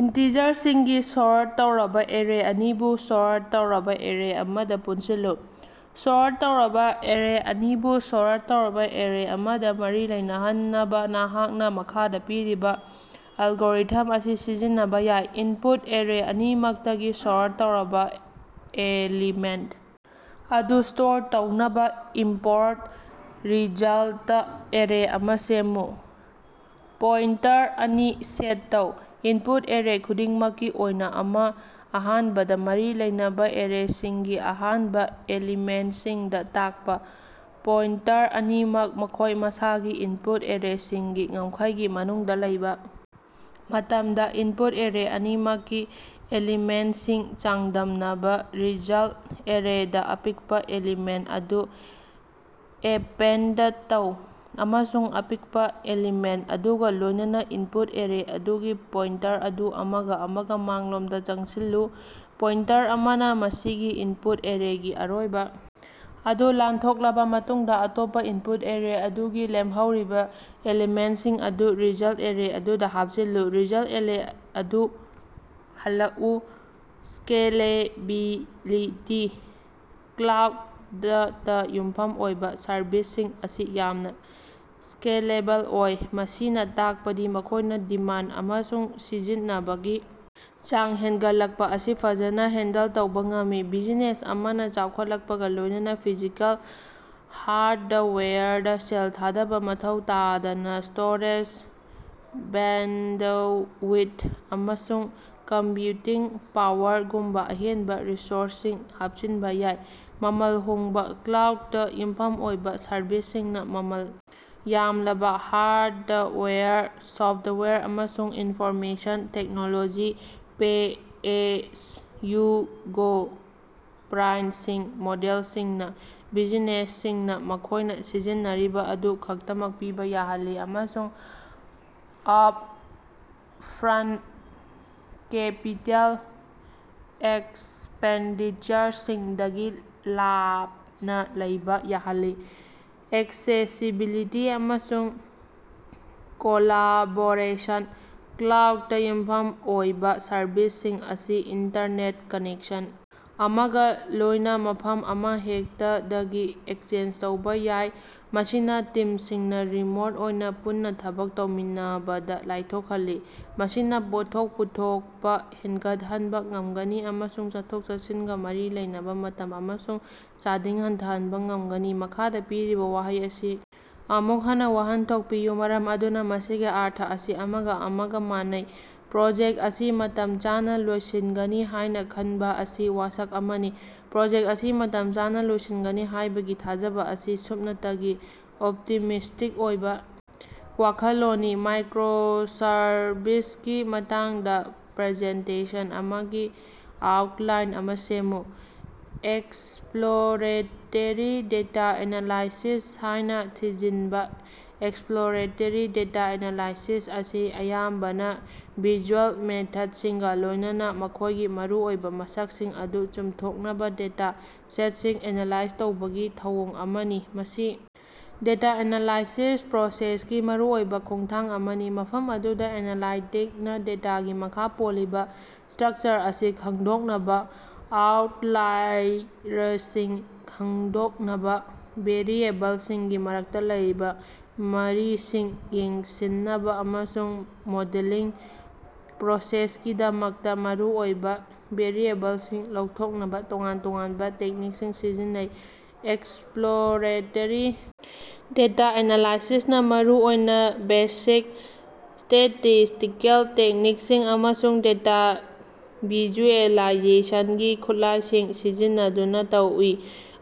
ꯏꯟꯇꯤꯖꯔꯁꯤꯡꯒꯤ sort ꯇꯧꯔꯕ array ꯑꯅꯤꯕꯨ sort ꯇꯧꯔꯕ ꯑꯦꯔꯦ ꯑꯃꯗ ꯄꯨꯟꯁꯤꯜꯂꯨ꯫ ꯁꯣꯔꯠ ꯇꯧꯔꯕ ꯑꯦꯔꯦ ꯑꯅꯤꯕꯨ ꯁꯣꯔꯠ ꯇꯧꯔꯕ ꯑꯦꯔꯦ ꯑꯃꯗ ꯃꯔꯤ ꯂꯩꯅꯍꯟꯅꯕ, ꯅꯍꯥꯛꯅ ꯃꯈꯥꯗ ꯄꯤꯔꯤꯕ ꯑꯦꯜꯒꯣꯔꯤꯊꯝ ꯑꯁꯤ ꯁꯤꯖꯤꯟꯅꯕ ꯌꯥꯏ: ꯏꯟꯄꯨꯠ ꯑꯦꯔꯦ ꯑꯅꯤꯃꯛꯇꯒꯤ ꯁꯣꯔꯠ ꯇꯧꯔꯕ ꯑꯦꯂꯤꯃꯦꯟꯠ ꯑꯗꯨ ꯁ꯭ꯇꯣꯔ ꯇꯧꯅꯕ ꯏꯝꯄꯣꯔꯠ ꯔꯤꯖꯜꯇ ꯑꯦꯔꯦ ꯑꯃ ꯁꯦꯝꯃꯨ꯫ ꯄꯣꯏꯟꯇꯔ ꯑꯅꯤ ꯁꯦꯠ ꯇꯧ, ꯏꯟꯄꯨꯠ ꯑꯦꯔꯦ ꯈꯨꯗꯤꯡꯃꯛꯀꯤ ꯑꯣꯏꯅ ꯑꯃ, ꯑꯍꯥꯟꯕꯗ ꯃꯔꯤ ꯂꯩꯅꯕ ꯑꯦꯔꯦꯁꯤꯡꯒꯤ ꯑꯍꯥꯟꯕ ꯑꯦꯂꯤꯃꯦꯟꯠꯁꯤꯡꯗ ꯇꯥꯛꯄ꯫ ꯄꯣꯏꯟꯇꯔ ꯑꯅꯤꯃꯛ ꯃꯈꯣꯏ ꯃꯁꯥꯒꯤ ꯏꯟꯄꯨꯠ ꯑꯦꯔꯦꯁꯤꯡꯒꯤ ꯉꯝꯈꯩꯒꯤ ꯃꯅꯨꯡꯗ ꯂꯩꯕ ꯃꯇꯝꯗ, ꯏꯟꯄꯨꯠ ꯑꯦꯔꯦ ꯑꯅꯤꯃꯛꯀꯤ ꯑꯦꯂꯤꯃꯦꯟꯠꯁꯤꯡ ꯆꯥꯡꯗꯝꯅꯕ꯫ ꯔꯤꯖꯜꯠ ꯑꯦꯔꯦꯗ ꯑꯄꯤꯛꯄ ꯑꯦꯂꯤꯃꯦꯟꯠ ꯑꯗꯨ ꯑꯦꯄꯦꯟꯗ ꯇꯧ, ꯑꯃꯁꯨꯡ ꯑꯄꯤꯛꯄ ꯑꯦꯂꯤꯃꯦꯟꯠ ꯑꯗꯨꯒ ꯂꯣꯏꯅꯅ ꯏꯟꯄꯨꯠ ꯑꯦꯔꯦ ꯑꯗꯨꯒꯤ ꯄꯣꯏꯟꯇꯔ ꯑꯗꯨ ꯑꯃꯒ ꯑꯃꯒ ꯃꯥꯡꯂꯣꯝꯗ ꯆꯪꯁꯤꯜꯂꯨ꯫ ꯄꯣꯏꯟꯇꯔ ꯑꯃꯅ ꯃꯁꯤꯒꯤ ꯏꯟꯄꯨꯠ ꯑꯦꯔꯦꯒꯤ ꯑꯔꯣꯏꯕ ꯑꯗꯨ ꯂꯥꯟꯊꯣꯛꯂꯕ ꯃꯇꯨꯡꯗ, ꯑꯇꯣꯞꯄ ꯏꯟꯄꯨꯠ ꯑꯦꯔꯦ ꯑꯗꯨꯒꯤ ꯂꯦꯝꯍꯧꯔꯤꯕ ꯑꯦꯂꯤꯃꯦꯟꯠꯁꯤꯡ ꯑꯗꯨ ꯔꯤꯖꯜꯠ ꯑꯦꯔꯦ ꯑꯗꯨꯗ ꯍꯥꯞꯆꯤꯜꯂꯨ꯫ ꯔꯤꯖꯜꯠ ꯑꯦꯔꯦ ꯑꯗꯨ ꯍꯜꯂꯛꯎ꯫ ꯁ꯭ꯀꯦꯂꯦꯕꯤꯂꯤꯇꯤ: ꯀ꯭ꯂꯥꯎꯗꯇ ꯌꯨꯝꯐꯝ ꯑꯣꯏꯕ ꯁꯔꯚꯤꯁꯁꯤꯡ ꯑꯁꯤ ꯌꯥꯝꯅ ꯁ꯭ꯀꯦꯂꯦꯕꯜ ꯑꯣꯏ, ꯃꯁꯤꯅ ꯇꯥꯛꯄꯗꯤ ꯃꯈꯣꯏꯅ ꯗꯤꯃꯥꯟ ꯑꯃꯁꯨꯡ ꯁꯤꯖꯤꯟꯅꯕꯒꯤ ꯆꯥꯡ ꯍꯦꯟꯒꯠꯂꯛꯄ ꯑꯁꯤ ꯐꯖꯅ ꯍꯦꯟꯗꯜ ꯇꯧꯕ ꯉꯝꯃꯤ꯫ ꯕꯤꯖꯤꯅꯦꯁ ꯑꯃꯅ ꯆꯥꯎꯈꯠꯂꯛꯄꯒ ꯂꯣꯏꯅꯅ ꯐꯤꯖꯤꯀꯦꯜ ꯍꯥꯔꯗꯋꯦꯌꯔꯗ ꯁꯦꯜ ꯊꯥꯗꯕ ꯃꯊꯧ ꯇꯥꯗꯅ ꯁ꯭ꯇꯣꯔꯦꯖ, ꯕꯦꯟꯗꯋꯤꯊ, ꯑꯃꯁꯨꯡ ꯀꯝꯄ꯭ꯌꯨꯇꯤꯡ ꯄꯥꯋꯔꯒꯨꯝꯕ ꯑꯍꯦꯟꯕ ꯔꯤꯁꯣꯔꯁꯁꯤꯡ ꯍꯥꯞꯆꯤꯟꯕ ꯌꯥꯏ꯫ ꯃꯃꯜ ꯍꯣꯡꯕꯥ: ꯀ꯭ꯂꯥꯎꯗꯇ ꯌꯨꯝꯐꯝ ꯑꯣꯏꯕ ꯁꯔꯚꯤꯁꯁꯤꯡꯅ ꯃꯃꯜ ꯌꯥꯝꯂꯕ ꯍꯥꯔꯗꯋꯦꯌꯔ, ꯁꯣꯐꯋꯦꯌꯔ, ꯑꯃꯁꯨꯡ ꯏꯟꯐꯣꯔꯃꯦꯁꯟ ꯇꯦꯛꯅꯣꯂꯣꯖꯤ ꯄꯦ-ꯑꯦꯖ-ꯌꯨ-ꯒꯣ ꯄ꯭ꯔꯥꯏꯁꯤꯡ ꯃꯣꯗꯦꯜꯁꯤꯡꯅ ꯕꯤꯖꯤꯅꯦꯁꯁꯤꯡꯅ ꯃꯈꯣꯏꯅ ꯁꯤꯖꯤꯟꯅꯔꯤꯕ ꯑꯗꯨ ꯈꯛꯇꯃꯛ ꯄꯤꯕ ꯌꯥꯍꯜꯂꯤ ꯑꯃꯁꯨꯡ ꯑꯞ-ꯐ꯭ꯔꯟꯠ ꯀꯦꯄꯤꯇꯦꯜ ꯑꯦꯛꯁꯄꯦꯟꯗꯤꯆꯔꯁꯤꯡꯗꯒꯤ ꯂꯥꯞꯅ ꯂꯩꯕ ꯌꯥꯍꯜꯂꯤ꯫ ꯑꯦꯛꯁꯦꯁꯤꯕꯤꯂꯤꯇꯤ ꯑꯃꯁꯨꯡ ꯀꯣꯂꯥꯕꯣꯔꯦꯁꯟ: ꯀ꯭ꯂꯥꯎꯗꯇ ꯌꯨꯝꯐꯝ ꯑꯣꯏꯕ ꯁꯔꯚꯤꯁꯁꯤꯡ ꯑꯁꯤ ꯏꯟꯇꯔꯅꯦꯠ ꯀꯅꯦꯛꯁꯟ ꯑꯃꯒ ꯂꯣꯏꯅ ꯃꯐꯝ ꯑꯃꯍꯦꯛꯇꯗꯒꯤ ꯑꯦꯛꯁꯦꯁ ꯇꯧꯕ ꯌꯥꯏ, ꯃꯁꯤꯅ ꯇꯤꯝꯁꯤꯡꯅ ꯔꯤꯃꯣꯠ ꯑꯣꯏꯅ ꯄꯨꯟꯅ ꯊꯕꯛ ꯇꯧꯃꯤꯟꯅꯕꯗ ꯂꯥꯏꯊꯣꯛꯍꯜꯂꯤ꯫ ꯃꯁꯤꯅ ꯄꯣꯠꯊꯣꯛ ꯄꯨꯊꯣꯛꯄ ꯍꯦꯟꯒꯠꯍꯟꯕ ꯉꯝꯒꯅꯤ ꯑꯃꯁꯨꯡ ꯆꯠꯊꯣꯛ-ꯆꯠꯁꯤꯟꯒ ꯃꯔꯤ ꯂꯩꯅꯕ ꯃꯇꯝ ꯑꯃꯁꯨꯡ ꯆꯥꯗꯤꯡ ꯍꯟꯊꯍꯟꯕ ꯉꯝꯒꯅꯤ꯫ ꯃꯈꯥꯗ ꯄꯤꯔꯤꯕ ꯋꯥꯍꯩ ꯑꯁꯤ ꯑꯃꯨꯛ ꯍꯟꯅ ꯋꯥꯍꯟꯊꯣꯛ ꯄꯤꯌꯨ ꯃꯔꯝ ꯑꯗꯨꯅ ꯃꯁꯤꯒꯤ ꯑꯔꯊ ꯑꯁꯤ ꯑꯃꯒ ꯑꯃꯒ ꯃꯥꯟꯅꯩ꯫ "ꯄ꯭ꯔꯣꯖꯦꯛ ꯑꯁꯤ ꯃꯇꯝ ꯆꯥꯅ ꯂꯣꯏꯁꯤꯟꯒꯅꯤ ꯍꯥꯏꯅ ꯈꯟꯕ ꯑꯁꯤ ꯋꯥꯁꯛ ꯑꯃꯅꯤ꯫" ꯄ꯭ꯔꯣꯖꯦꯛ ꯑꯁꯤ ꯃꯇꯝ ꯆꯥꯅ ꯂꯣꯏꯁꯤꯟꯒꯅꯤ ꯍꯥꯏꯕꯒꯤ ꯊꯥꯖꯕ ꯑꯁꯤ ꯁꯨꯞꯅꯇꯒꯤ ꯑꯣꯞꯇꯤꯃꯤꯁ꯭ꯇꯤꯛ ꯑꯣꯏꯕ ꯋꯥꯈꯜꯂꯣꯟꯅꯤ꯫ ꯃꯥꯏꯀ꯭ꯔꯣꯁꯔꯚꯤꯁꯀꯤ ꯃꯇꯥꯡꯗ ꯄ꯭ꯔꯖꯦꯟꯇꯦꯁꯟ ꯑꯃꯒꯤ ꯑꯥꯎꯠꯂꯥꯏꯟ ꯑꯃ ꯁꯦꯝꯃꯨ꯫ 'ꯑꯦꯛꯁꯄ꯭ꯂꯣꯔꯦꯇꯦꯔꯤ ꯗꯦꯇꯥ ꯑꯦꯅꯥꯂꯥꯏꯁꯤꯁ' ꯍꯥꯏꯅ ꯊꯤꯖꯤꯟꯕ꯫ ꯑꯦꯛꯁꯄ꯭ꯂꯣꯔꯦꯇꯦꯔꯤ ꯗꯦꯇꯥ ꯑꯦꯅꯥꯂꯥꯏꯁꯤꯁ ꯑꯁꯤ ꯑꯌꯥꯝꯕꯅ ꯚꯤꯖꯨꯑꯦꯜ ꯃꯦꯊꯗꯁꯤꯡꯒ ꯂꯣꯏꯅꯅ ꯃꯈꯣꯏꯒꯤ ꯃꯔꯨꯑꯣꯏꯕ ꯃꯁꯛꯁꯤꯡ ꯑꯗꯨ ꯆꯨꯝꯊꯣꯛꯅꯕ ꯗꯦꯇꯥ ꯁꯦꯠꯁꯤꯡ ꯑꯦꯅꯥꯂꯥꯏꯖ ꯇꯧꯕꯒꯤ ꯊꯧꯑꯣꯡ ꯑꯃꯅꯤ꯫ ꯃꯁꯤ ꯗꯦꯇꯥ ꯑꯦꯅꯥꯂꯥꯏꯁꯤꯁ ꯄ꯭ꯔꯣꯁꯦꯁꯀꯤ ꯃꯔꯨꯑꯣꯏꯕ ꯈꯣꯡꯊꯥꯡ ꯑꯃꯅꯤ, ꯃꯐꯝ ꯑꯗꯨꯗ ꯑꯦꯅꯥꯂꯥꯏꯇꯤꯛꯅ ꯗꯦꯇꯥꯒꯤ ꯃꯈꯥ ꯄꯣꯜꯂꯤꯕ ꯁ꯭ꯇꯔꯛꯆꯔ ꯑꯁꯤ ꯈꯪꯗꯣꯛꯅꯕ, ꯑꯥꯎꯠꯂꯥꯏꯔꯁꯤꯡ ꯈꯪꯗꯣꯛꯅꯕ, ꯚꯦꯔꯤꯑꯦꯕꯜꯁꯤꯡꯒꯤ ꯃꯔꯛꯇ ꯂꯩꯔꯤꯕ ꯃꯔꯤꯁꯤꯡ ꯌꯦꯡꯁꯤꯟꯅꯕ ꯑꯃꯁꯨꯡ ꯃꯣꯗꯦꯂꯤꯡ ꯄ꯭ꯔꯣꯁꯦꯁꯀꯤꯗꯃꯛꯇ ꯃꯔꯨꯑꯣꯏꯕ ꯚꯦꯔꯤꯑꯦꯕꯜꯁꯤꯡ ꯂꯧꯊꯣꯛꯅꯕ ꯇꯣꯉꯥꯟ ꯇꯣꯉꯥꯟꯕ ꯇꯦꯛꯅꯤꯛꯁꯤꯡ ꯁꯤꯖꯤꯟꯅꯩ꯫ ꯑꯦꯛꯁꯄ꯭ꯂꯣꯔꯦꯇꯦꯔꯤ ꯗꯦꯇꯥ ꯑꯦꯅꯥꯂꯥꯏꯁꯤꯁ ꯅ ꯃꯔꯨ ꯑꯣꯏꯅ ꯕꯦꯁꯤꯛ ꯁ꯭ꯇꯦꯇꯤꯁꯇꯤꯀꯦꯜ ꯇꯦꯛꯅꯤꯛꯁꯤꯡ ꯑꯃꯁꯨꯡ ꯗꯦꯇꯥ ꯚꯤꯖꯨꯑꯦꯂꯥꯏꯖꯦꯁꯟꯒꯤ ꯈꯨꯠꯂꯥꯏꯁꯤꯡ ꯁꯤꯖꯤꯟꯅꯗꯨꯅ ꯇꯧꯏ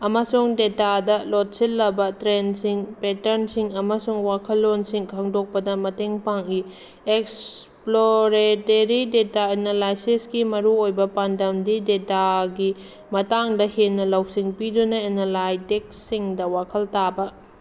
ꯑꯃꯁꯨꯡ ꯗꯦꯇꯥꯗ ꯂꯣꯠꯁꯤꯜꯂꯕ ꯇ꯭ꯔꯦꯟꯁꯤꯡ, ꯄꯦꯇꯔꯟꯁꯤꯡ ꯑꯃꯁꯨꯡ ꯋꯥꯈꯜꯂꯣꯟꯁꯤꯡ ꯈꯪꯗꯣꯛꯄꯗ ꯃꯇꯦꯡ ꯄꯥꯡꯏ꯫ ꯑꯦꯛꯁꯄ꯭ꯂꯣꯔꯦꯇꯦꯔꯤ ꯗꯦꯇꯥ ꯑꯦꯅꯥꯂꯥꯏꯁꯤꯁ ꯀꯤ ꯃꯔꯨꯑꯣꯏꯕ ꯄꯥꯟꯗꯝꯗꯤ ꯗꯦꯇꯥꯒꯤ ꯃꯇꯥꯡꯗ ꯍꯦꯟꯅ ꯂꯧꯁꯤꯡ ꯄꯤꯗꯨꯅ ꯑꯦꯅꯥꯂꯥꯏꯇꯤꯛꯁꯁꯤꯡꯗ ꯋꯥꯈꯜ ꯇꯥꯕ꯫